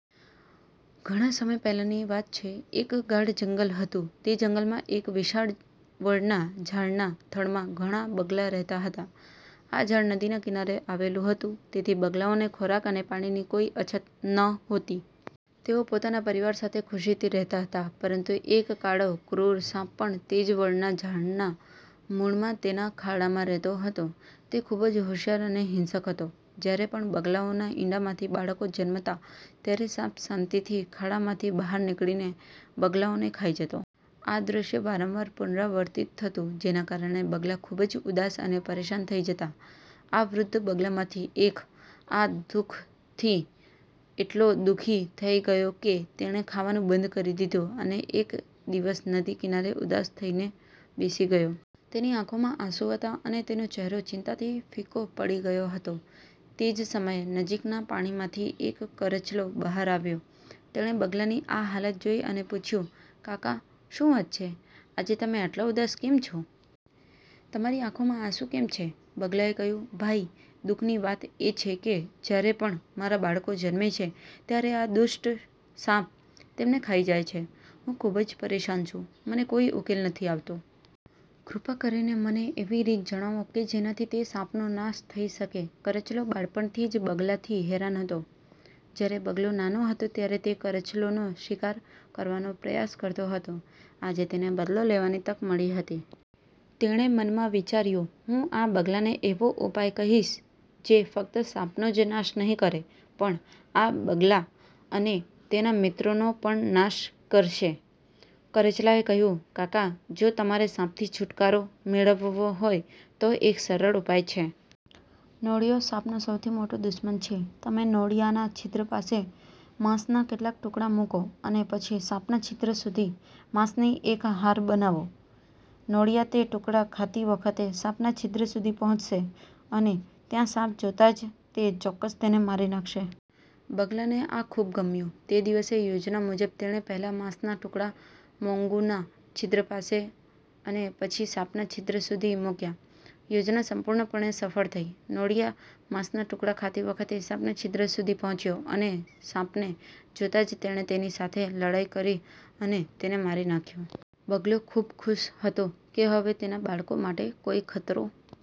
ઘણા સમય પહેલાની વાત છે. એક ગાઢ જંગલ હતું. તે જંગલમાં એક વિશાળ વડના ઝાડના થડમાં ઘણા બગલા રહેતા હતા. આ ઝાડ નદીના કિનારે આવેલું હતું, તેથી બગલાઓને ખોરાક અને પાણીની કોઈ અછત નહોતી. તેઓ પોતાના પરિવાર સાથે ખુશીથી રહેતા હતા. પરંતુ એક કાળો, ક્રૂર સાપ પણ તે જ વડના ઝાડના મૂળમાં તેના ખાડામાં રહેતો હતો. તે ખૂબ જ હોશિયાર અને હિંસક હતો. જ્યારે પણ બગલાઓના ઈંડામાંથી બાળકો જન્મતા, ત્યારે સાપ શાંતિથી ખાડામાંથી બહાર નીકળીને બગલાઓને ખાઈ જતો. આ દ્રશ્ય વારંવાર પુનરાવર્તિત થતું, જેના કારણે બગલા ખૂબ જ ઉદાસ અને પરેશાન થઈ જતા. આ વૃદ્ધ બગલામાંથી એક આ દુ:ખથી એટલો દુઃખી થઈ ગયો કે તેણે ખાવાનું બંધ કરી દીધું અને એક દિવસ નદી કિનારે ઉદાસ થઈને બેસી ગયો. તેની આંખોમાં આંસુ હતા અને તેનો ચહેરો ચિંતાથી ફિક્કો પડી ગયો હતો. તે જ સમયે, નજીકના પાણીમાંથી એક કરચલો બહાર આવ્યો. તેણે બગલાની આ હાલત જોઈ અને પૂછ્યું, કાકા! શું વાત છે? આજે તમે આટલા ઉદાસ કેમ છો? તમારી આંખોમાં આંસુ કેમ છે? બગલાએ કહ્યું, ભાઈ! દુઃખની વાત એ છે કે જ્યારે પણ મારા બાળકો જન્મે છે, ત્યારે આ દુષ્ટ સાપ તેમને ખાઈ જાય છે. હું ખૂબ જ પરેશાન છું. મને કોઈ ઉકેલ નથી આવતો. કૃપા કરીને મને એવી રીત જણાવો કે જેનાથી તે સાપનો નાશ થઈ શકે. કરચલો બાળપણથી જ બગલાથી હેરાન હતો. જ્યારે બગલો નાનો હતો, ત્યારે તે કરચલોનો શિકાર કરવાનો પ્રયાસ કરતો હતો. આજે તેને બદલો લેવાની તક મળી હતી. તેણે મનમાં વિચાર્યું – હું આ બગલાને એવો ઉપાય કહીશ જે ફક્ત સાપનો જ નાશ નહીં કરે, પણ આ બગલા અને તેના મિત્રોનો પણ નાશ કરશે. કરચલાએ કહ્યું, કાકા! જો તમારે સાપથી છુટકારો મેળવવો હોય, તો એક સરળ ઉપાય છે. નોળિયો સાપનો સૌથી મોટો દુશ્મન છે. તમે નોળિયાના છિદ્ર પાસે માંસના કેટલાક ટુકડા મૂકો અને પછી સાપના છિદ્ર સુધી માંસની એક હાર બનાવો. નોળિયા તે ટુકડા ખાતી વખતે સાપના છિદ્ર સુધી પહોંચશે અને ત્યાં સાપ જોતાં જ તે ચોક્કસ તેને મારી નાખશે. બગલાને આ ખૂબ ગમ્યું. તે દિવસે, યોજના મુજબ, તેણે પહેલા માંસના ટુકડા મોંગૂના છિદ્ર પાસે અને પછી સાપના છિદ્ર સુધી મૂક્યા. યોજના સંપૂર્ણપણે સફળ થઈ. નોળિયા માંસના ટુકડા ખાતી વખતે સાપના છિદ્ર સુધી પહોંચ્યો અને સાપને જોતાં જ તેણે તેની સાથે લડાઈ કરી અને તેને મારી નાખ્યો. બગલો ખૂબ ખુશ હતો કે હવે તેના બાળકો માટે કોઈ ખતરો